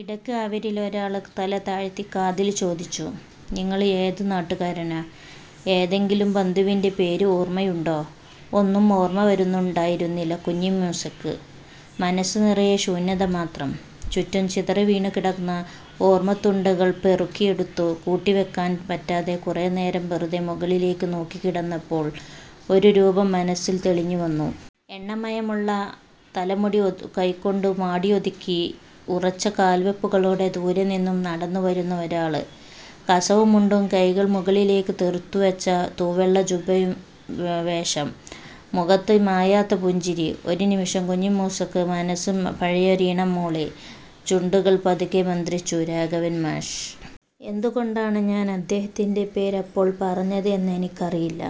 ഇടയ്ക്ക് അവരില് ഒരാള് തലതാഴ്ത്തി കാതില് ചോദിച്ചു:''നിങ്ങള് ഏതു നാട്ടുകാരനാ. ഏതെങ്കിലും ബന്ധുവിന്റെ പേര് ഓര്മ്മയുണ്ടോ. '' ഒന്നും ഓര്മ്മ വരുന്നുണ്ടായിരുന്നില്ല കുഞ്ഞിമൂസയ്ക്ക്. മനസ്സ് നിറയെ ശൂന്യത മാത്രം. ചുറ്റും ചിതറിവീണുകിടന്ന ഓര്മ്മത്തുണ്ടുകള് പെറുക്കിയെടുത്തു കൂട്ടിവെക്കാന് പറ്റാതെ കുറെ നേരം വെറുതെ മുകളിലേക്ക് നോക്കിക്കിടന്നപ്പോള് ഒരു രൂപം മനസ്സില് തെളിഞ്ഞുവന്നു. എണ്ണമയമുള്ള തലമുടി കൈകൊണ്ടു മാടിയൊതുക്കി ഉറച്ച കാല്വെപ്പുകളോടെ ദൂരെ നിന്ന് നടന്നു വരുന്ന ഒരാള്. കസവു മുണ്ടും കൈകള് മുകളിലേക്ക് തെറുത്തുവച്ച തൂവെള്ള ജൂബയും വേഷം. മുഖത്ത് മായാത്ത പുഞ്ചിരി. ഒരു നിമിഷം കുഞ്ഞിമൂസയുടെ മനസ്സ് പഴയൊരീണം മൂളി. ചുണ്ടുകള് പതുക്കെ മന്ത്രിച്ചു രാഘവന് മാഷ്. ''എന്ത് കൊണ്ടാണ് ഞാന് അദ്ദേഹത്തിന്റെ പേര് അപ്പോള് പറഞ്ഞത് എന്നെനിക്കറിയില്ല.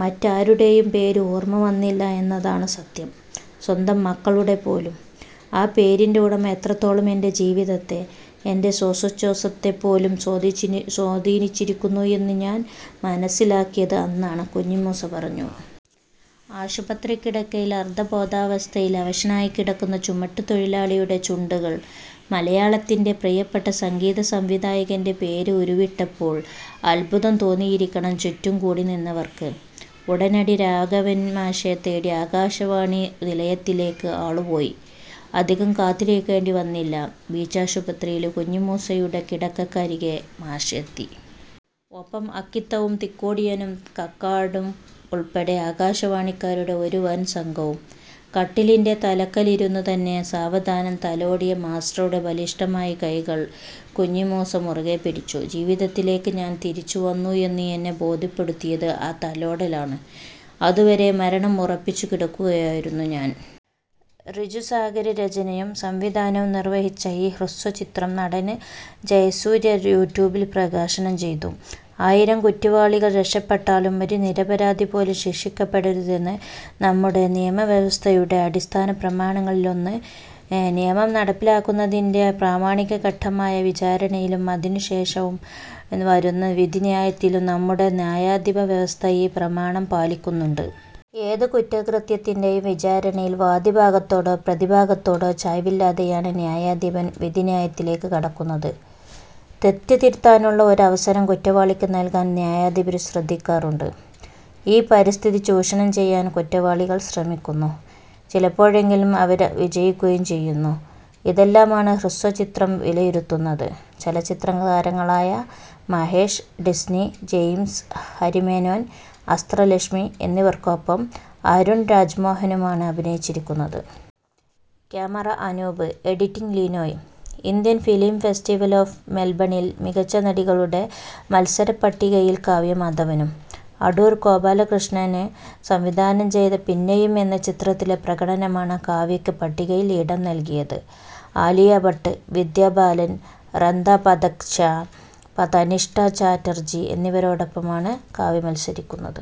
മറ്റാരുടെയും പേര് ഓര്മ്മ വന്നില്ല എന്നതാണ് സത്യം സ്വന്തം മക്കളുടെ പോലും. ആ പേരിന്റെ ഉടമ എത്രത്തോളം എന്റെ ജീവിതത്തെ, എന്റെ ശ്വാസോഛ്വാസത്തെ പോലും സ്വാധീനിച്ചിരിക്കുന്നു എന്ന് ഞാന് മനസ്സിലാക്കിയത് അന്നാണ്. '' കുഞ്ഞിമൂസ പറഞ്ഞു. ആശുപത്രിക്കിടക്കയില് അര്ദ്ധബോധാവസ്ഥയില് അവശനായി കിടക്കുന്ന ചുമട്ടു തൊഴിലാളിയുടെ ചുണ്ടുകള് മലയാളത്തിന്റെ പ്രിയപ്പെട്ട സംഗീത സംവിധായകന്റെ പേര് ഉരുവിട്ടപ്പോള് അത്ഭുതം തോന്നിയിരിക്കണം ചുറ്റും കൂടിനിന്നവര്ക്ക്. ഉടനടി രാഘവന് മാഷെ തേടി ആകാശവാണി നിലയത്തിലേക്ക് ആളു പോയി. അധികം കാത്തിരിക്കേണ്ടി വന്നില്ല. ബീച്ചാശുപത്രിയില് കുഞ്ഞിമൂസയുടെ കിടക്കയ്ക്ക് അരികെ മാസ്റ്റര് എത്തി. ഒപ്പം അക്കിത്തവും തിക്കോടിയനും കക്കാടും ഉള്പ്പെടെ ആകാശവാണിക്കാരുടെ ഒരു വന് സംഘവും. കട്ടിലിന്റെ തലയ്ക്കലിരുന്നു തന്നെ സാവധാനം തലോടിയ മാസ്റ്ററുടെ ബലിഷ്ടമായ കൈകള് കുഞ്ഞിമൂസ മുറുക്കെ പിടിച്ചു. ''ജീവിതത്തിലേക്ക് ഞാന് തിരിച്ചു വന്നു എന്ന് എന്നെ ബോധ്യപ്പെടുത്തിയത് ആ തലോടലാണ്. അതുവരെ മരണം ഉറപ്പിച്ചു കിടക്കുകയായിരുന്നു ഞാന്. റിജു സാഗര് രചനയും സംവിധാനവും നിര്വഹിച്ച ഈ ഹ്രസ്വചിത്രം നടന് ജയസൂര്യ യൂട്യൂബില് പ്രകാശനം ചെയ്തു. ആയിരം കുറ്റവാളികള് രക്ഷപ്പെട്ടാലും ഒരു നിരപരാധി പോലും ശിക്ഷിക്കപ്പെടരുതെന്നത് നമ്മുടെ നിയമ വ്യവസ്ഥയുടെ അടിസ്ഥാന പ്രമാണങ്ങളിലൊന്ന്. നിയമം നടപ്പിലാക്കപ്പെടുന്നതിന്റെ പ്രാമാണിക ഘട്ടമായ വിചാരണയിലും അതിനുശേഷം വരുന്ന വിധിന്യായത്തിലും നമ്മുടെ ന്യായാധിപ വ്യവസ്ഥ ഈ പ്രമാണം പാലിക്കുന്നുണ്ട്. ഏതൊരു കുറ്റകൃത്യത്തിന്റെയും വിചാരണയിൽ വാദിഭാഗത്തോടോ പ്രതിഭാഗത്തോടോ ചായ്വില്ലാതെയാണ് ന്യായാധിപന് വിധിന്യായത്തിലേക്ക് കടക്കുന്നത്. തെറ്റ് തിരുത്താനുള്ള ഒരവസരം കുറ്റവാളിക്ക് നല്കാന് ന്യായാധിപര് ശ്രദ്ധിക്കാറുണ്ട്. ഈ പരിതസ്ഥിതി ചൂഷണം ചെയ്യാന് കുറ്റവാളികൾ ശ്രമിക്കുന്നു. ചിലപ്പോഴെങ്കിലും അവര് വിജയിക്കുകയും ചെയ്യുന്നു. ഇതെല്ലാമാണ് ഹ്രസ്വചിത്രം വിലയിരുത്തുന്നത്. ചലച്ചിത്രതാരങ്ങളായ Mahesh, Disney James, Hari Menon, Astra Lakshmi, എന്നിവര്ക്കൊപ്പം Arun രാജ്മോഹനുമാണ് അഭിനയിച്ചിരിക്കുന്നത്. ക്യാമറ:അനൂപ്, എഡിറ്റിങ്:ലിനോയ്. Indian film festival of മെല്ബണില് മികച്ച നടികളുടെ മത്സര പട്ടികയില് കാവ്യ മാധവനും. അടൂര് ഗോപാലകൃഷ്ണന് സംവിധാനം ചെയ്ത പിന്നെയും എന്ന ചിത്രത്തിലെ പ്രകടനമാണ് കാവ്യയ്ക്ക് പട്ടികയില് ഇടം നല്കിയത്. ആലിയ ഭട്ട്, വിദ്യാ ബാലന്, റത്ന പഥക് ഷാ, തനിഷ്ഠ ചാറ്റര്ജി എന്നിവരോടാണ് കാവ്യ മത്സരിക്കുന്നത്.